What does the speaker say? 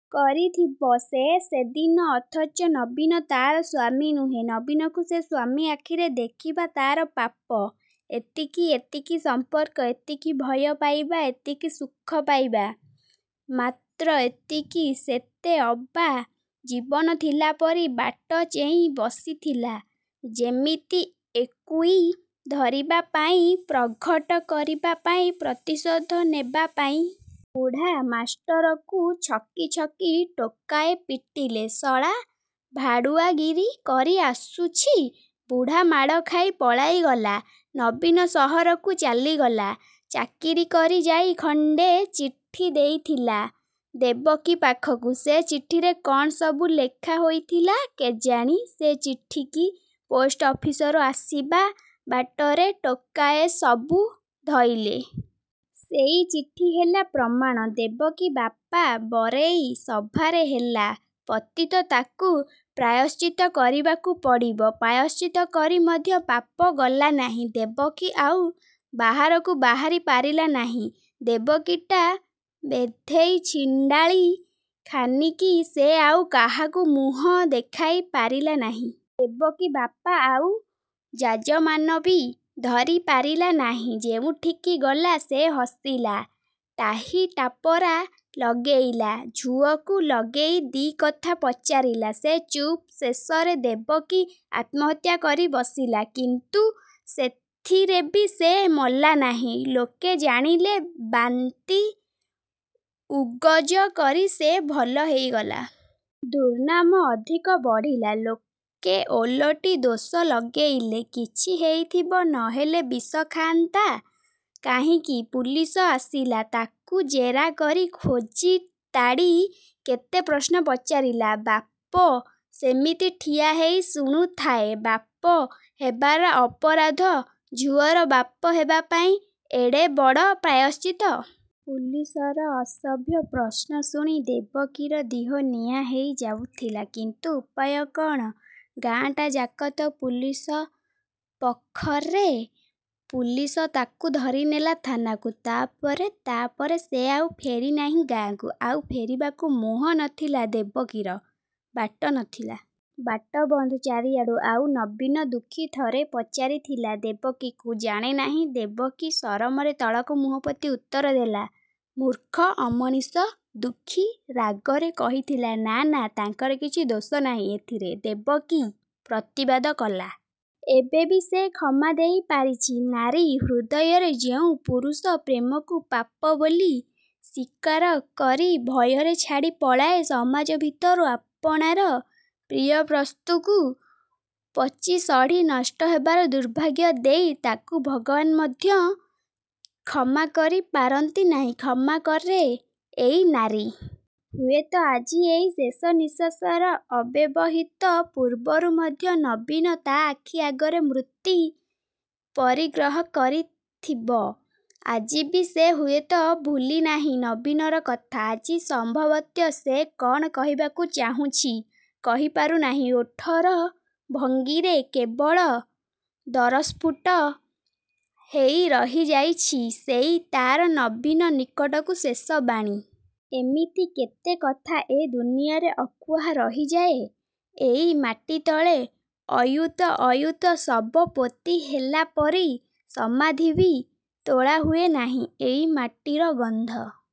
କରିଥିବ ସେ ସେଦିନ। ଅଥଚ ନବୀନ ତା'ର ସ୍ୱାମୀ ନୁହେଁ। ନବୀନକୁ ସେ ସ୍ୱାମୀ ଆଖିରେ ଦେଖିବା ତା'ର ପାପ। ଏତିକି। ଏତିକି ସମ୍ପର୍କ। ଏତିକି ଭୟ ପାଇବା–ଏତିକି ସୁଖ ପାଇବା। ମାତ୍ର ଏତିକି। ସେତେ ଅବା ଜୀବନ ଥିଲା। ପରି ବାଟ ଚେଇଁ ବସିଥିଲା ଯେମିତି ଏକୁଇ ଧରିବାପାଇଁ–ପ୍ରଘଟ କରିବାପାଇଁ–ପ୍ରତିଶୋଧ ନେବା ପାଇଁ। ବୁଢ଼ା ମାଷ୍ଟରକୁ ଛକି ଛକି ଟୋକାଏ ପିଟିଲେ–ଶଳା ଭାଡ଼ୁଆଗିରି କରି ଆସୁଛି। ବୁଢାମାଡ଼ ଖାଇ ପଳାଇ ଗଲା। ନବୀନ ସହରକୁ ଚାଲିଗଲା ଚାକିରି କରି–ଯାଇ ଖଣ୍ଡେ ଚିଠି ଦେଇଥିଲା ଦେବକୀ ପାଖକୁ। ସେ ଚିଠିରେ କ'ଣ ସବୁ ଲେଖା ହୋଇଥିଲା କେଜାଣି–ସେ ଚିଠିକି ପୋଷ୍ଟ ଅଫିସରୁ ଆସିବା ବାଟରେ ଟୋକାଏ ସବୁ ଧଇଲେ। ସେଇ ଚିଠି ହେଲା ପ୍ରମାଣ। ଦେବକୀ ବାପା ବରେଇ ସଭାରେ ହେଲା ପତିତ। ତାକୁ ପ୍ରାୟଶ୍ଚିତ୍ତ କରିବାକୁ ପଡ଼ିବ। ପ୍ରାୟଶ୍ଚିତ୍ତ କରି ମଧ୍ୟ ପାପ ଗଲା ନାହିଁ। ଦେବକୀ ଆଉ ବାହାରକୁ ବାହାରି ପାରିଲା ନାହିଁ। ଦେବକୀଟା ବେଧେଇ, ଛିଣ୍ଡାଳି ଖାନିକି। ସେ ଆଉ କାହାକୁ ମୁହଁ ଦେଖାଇ ପାରିଲା ନାହିଁ। ଦେବକୀ ବାପା ଆଉ ଯାଜମାନବି ଧରିପାରିଲା ନାହିଁ ଯେଉଁଠିକି ଗଲା, ସେ ହସିଲା, ଟାହି ଟାପରା ଲଗେଇଲା–ଝୁଅକୁ ଲଗେଇ ଦି'କଥା ପଚାରିଲା। ସେ ଚୁପ୍। ଶେଷରେ ଦେବକୀ ଆତ୍ମହତ୍ୟା କରି ବସିଲା। କିନ୍ତୁ ସେଥିରେବି ସେ ମଲା ନାହିଁ। ଲୋକେ ଜାଣିଲେ। ବାନ୍ତି ଉଗଜ କରି ସେ ଭଲ ହେଇଗଲା। ଦୁର୍ନାମ ଅଧିକ ବଢ଼ିଲା। ଲୋକେ ଓଲଟି ଦୋଷ ଲଗେଇଲେ–''କିଛି ହେଇଥିବ, ନହେଲେ ବିଷ ଖାଆନ୍ତା କାହିଁକି? ପୁଲିସ ଆସିଲା। ତାକୁ ଜେରା କରି ଖୋଳିତାଡ଼ି କେତେ ପ୍ରଶ୍ନ ପଚାରିଲା। ବାପ ସେମିତି ଠିଆ ହେଇ ଶୁଣୁଥାଏ। ବାପ ହେବାର ଅପରାଧ। ଝୁଅର ବାପ ହେବାପାଇଁ ଏଡ଼େ ବଡ଼ ପ୍ରାୟଶ୍ଚିତ୍ତ। ପୁଲିସର ଅସଭ୍ୟ ପ୍ରଶ୍ନ ଶୁଣି ଦେବକୀର ଦିହ ନିଆଁ ହେଇ ଯାଉଥିଲା। କିନ୍ତୁ ଉପାୟ କ'ଣ? ଗାଁଟାଯାକ ତ ପୁଲିସ ପକ୍ଷରେ। ପୁଲିସ ତାକୁ ଧରିନେଲେ ଥାନାକୁ। ତା'ପରେ–ତା'ପରେ। ସେ ଆଉ ଫେରି ନାହିଁ ଗାଁକୁ। ଆଉ ଫେରିବାକୁ ମୁହଁ ନଥିଲା ଦେବକୀର, ବାଟ ନଥିଲା। ବାଟ ବନ୍ଦ ଚାରିଆଡ଼ୁ। ''ଆଉ ନବୀନ? '' ଦୁଃଖୀ ଥରେ ପଚାରିଥିଲା ଦେବକୀକୁ। ''ଜାଣେ ନାହିଁ। '' ଦେବକୀ ସରମରେ ତଳକୁ ମୁହଁ ପୋତି ଉତ୍ତର ଦେଲା। ''ମୂର୍ଖ–ଅମଣିଷ। '' ଦୁଃଖୀ ରାଗରେ କହିଥିଲା। ''ନା–ନା ତାଙ୍କର କିଛି ଦୋଷ ନାହିଁ ଏଥିରେ। '' ଦେବକୀ ପ୍ରତିବାଦ କଲା। ଏବେବି ସେ କ୍ଷମା ଦେଇ ପାରିଛି ନାରୀ ହୃଦୟରେ। ଯେଉଁ ପୁରୁଷ ପ୍ରେମକୁ ପାପ ବୋଲି ସ୍ୱୀକାର କରି ଭୟରେ ଛାଡ଼ି ପଳାଏ ସମାଜ ଭିତରୁ, ଆପଣାର ପ୍ରିୟବସ୍ତୁକୁ ପଚି ଶଢ଼ି ନଷ୍ଟ ହେବାର ଦୁର୍ଭାଗ୍ୟ ଦେଇ, ତାକୁ ଭଗବାନ୍ ମଧ୍ୟ କ୍ଷମା କରି ପାରନ୍ତି ନାହିଁ–କ୍ଷମା କରେ ଏଇ ନାରୀ-। ହୁଏତ ଆଜି ଏଇ ଶେଷ ନିଃଶ୍ୱାସର ଅବ୍ୟବହିତ ପୂର୍ବରୁ ମଧ୍ୟ ନବୀନ ତା' ଆଖି ଆଗରେ ମୂର୍ତ୍ତି ପରିଗ୍ରହ କରିଥିବ। ଆଜିବି ସେ ହୁଏତ ଭୁଲି ନାହିଁ ନବୀନର କଥା। ଆଜି ସମ୍ଭବତଃ ସେ କ'ଣ କହିବାକୁ ଚାହୁଁଛି, କହିପାରୁ ନାହିଁ–ଓଠର ଭଙ୍ଗିରେ କେବଳ ଦରସ୍ଫୁଟ ହେଇ ରହିଯାଉଛି–ସେଇ ତା'ର ନବୀନ ନିକଟକୁ ଶେଷ ବାଣୀ। ଏମିତି କେତେ କଥା ଏ ଦୁନିଆରେ ଅକୁହା ରହିଯାଏଁ–ଏଇ ମାଟିତଳେ ଅୟୁତ ଅୟୁତ ଶବ ପୋତି ହେଲାପରି। ସମାଧିବି ତୋଳା ହୁଏ ନାହିଁ। ଏଇ ମାଟିର ଗନ୍ଧ,